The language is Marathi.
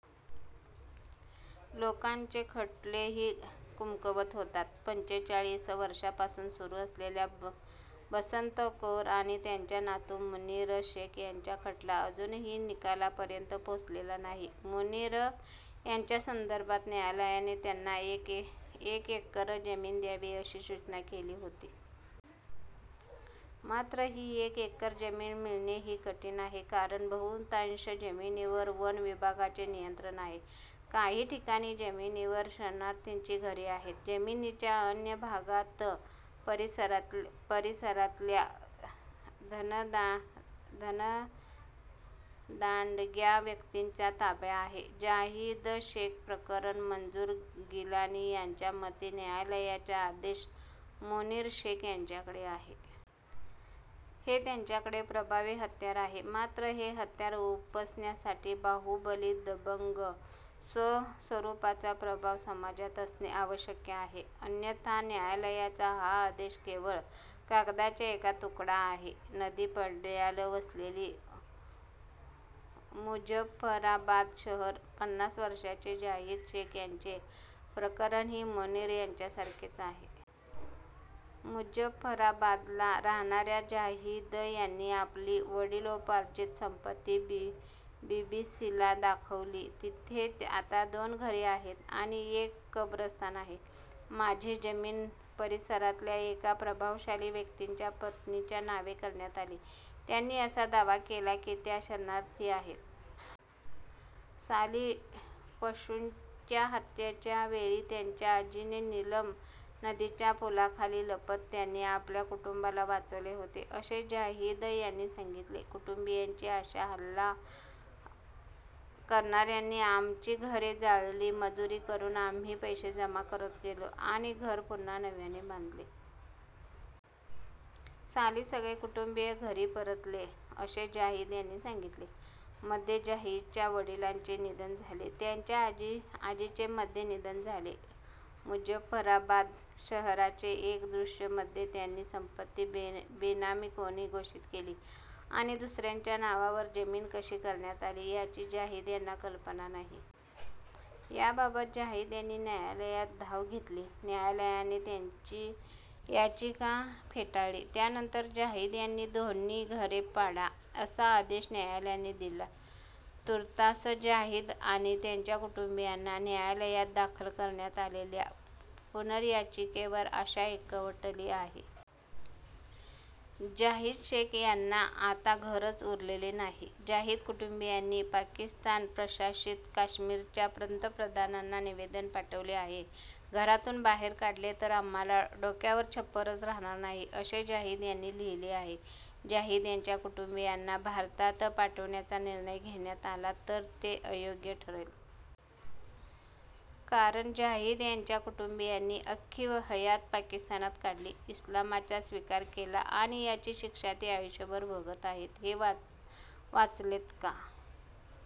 लोकांचे खटलेही कमकुवत होतात. पंचेचाळीस वर्षांपासून सुरू असलेला बसंत कौर आणि त्यांचा नातू मुनीर शेख यांचा खटला अजूनही निकालापर्यंत पोहोचलेला नाही. मुनीर यांच्यासंदर्भात न्यायालयाने त्यांना एक एकर जमीन द्यावी, अशी सूचना केली होती मात्र ही एक एकर जमीन मिळणेही कठीण आहे, कारण बहुतांश जमिनीवर वन विभागाचे नियंत्रण आहे. काही ठिकाणी जमिनीवर शरणार्थींची घरे आहेत. जमिनीच्या अन्य भागात परिसरातल्या धनदांडग्या व्यक्तींचा ताबा आहे. जाहिद शेख प्रकरण - मंजूर गिलानी यांच्या मते, "न्यायालयाचा आदेश मुनीर शेख यांच्याकडे आहे. हे त्यांच्याकडचे प्रभावी हत्यार आहे. मात्र हे हत्यार उपसण्यासाठी बाहुबली दबंग स्वरूपाचा प्रभाव समाजात असणे आवश्यक आहे. अन्यथा न्यायालयाचा हा आदेश केवळ कागदाचा एक तुकडा आहे." नदीपल्याड वसलेले मुझफ्फराबाद शहर - पन्नास वर्षांचे जाहिद शेख यांचे प्रकरणही मुनीर यांच्यासारखेच आहे. मुझफ्फराबादला राहणाऱ्या जाहिद यांनी आपली वडिलोपार्जित संपत्ती बीबीसीला दाखवली. तिथे आता दोन घरे आहेत आणि एक कब्रस्तान आहे. "माझी जमीन परिसरातल्या एका प्रभावशाली व्यक्तीच्या पत्नीच्या नावे करण्यात आली. त्यांनी असा दावा केला की त्या शरणार्थी आहेत. साली पश्तूंच्या हल्ल्याच्या वेळी त्यांच्या आजीने नीलम नदीच्या पुलाखाली लपत त्यांनी आपल्या कुटुंबाला वाचवले होते," असे जाहिद यांनी सांगितले. कुटुंबीयांची आशा - "हल्ला करणाऱ्यांनी आमची घरे जाळली. मजुरी करून आम्ही पैसे जमा करत गेलो आणि घर पुन्हा नव्याने बांधले. साली सगळे कुटुंबीय घरी परतले," असे जाहिद यांनी सांगितले. मध्ये जाहिदच्या वडिलांचे निधन झाले. त्यांच्या आजीचे मध्ये निधन झाले. मुझफ्फराबाद शहराचे एक दृश्य - मध्ये त्यांची संपत्ती बेनामी कोणी घोषित केली आणि दुसऱ्याच्या नावावर जमीन कशी करण्यात आली, याची जाहिद यांना कल्पना नाही. याबाबत जाहिद यांनी न्यायालयात धाव घेतली. न्यायालयाने त्यांची याचिका फेटाळली. त्यानंतर जाहिद यांची दोन्ही घरे पाडा, असा आदेश न्यायालयाने दिला. तूर्तास जाहिद आणि त्यांच्या कुटुंबीयांना न्यायालयात दाखल करण्यात आलेल्या पुनर्याचिकेवर आशा एकवटली आहे. जाहिद शेख यांना आता घरच उरलेले नाही - जाहिद कुटुंबीयांनी पाकिस्तान-प्रशासित काश्मीरच्या पंतप्रधानांना निवेदन पाठवले आहे. घरातून बाहेर काढले तर आम्हाला डोक्यावर छप्परच राहणार नाही, असे जाहिद यांनी लिहिले आहे. जाहिद यांच्या कुटुंबीयांना भारतात पाठवण्याचा निर्णय घेण्यात आला तर ते अयोग्य ठरेल. कारण जाहिद यांच्या कुटुंबीयांनी अख्खी हयात पाकिस्तानात काढली, इस्लामचा स्वीकार केला आणि याची शिक्षा ते आयुष्यभर भोगत आहेत. हे वाचलेत का?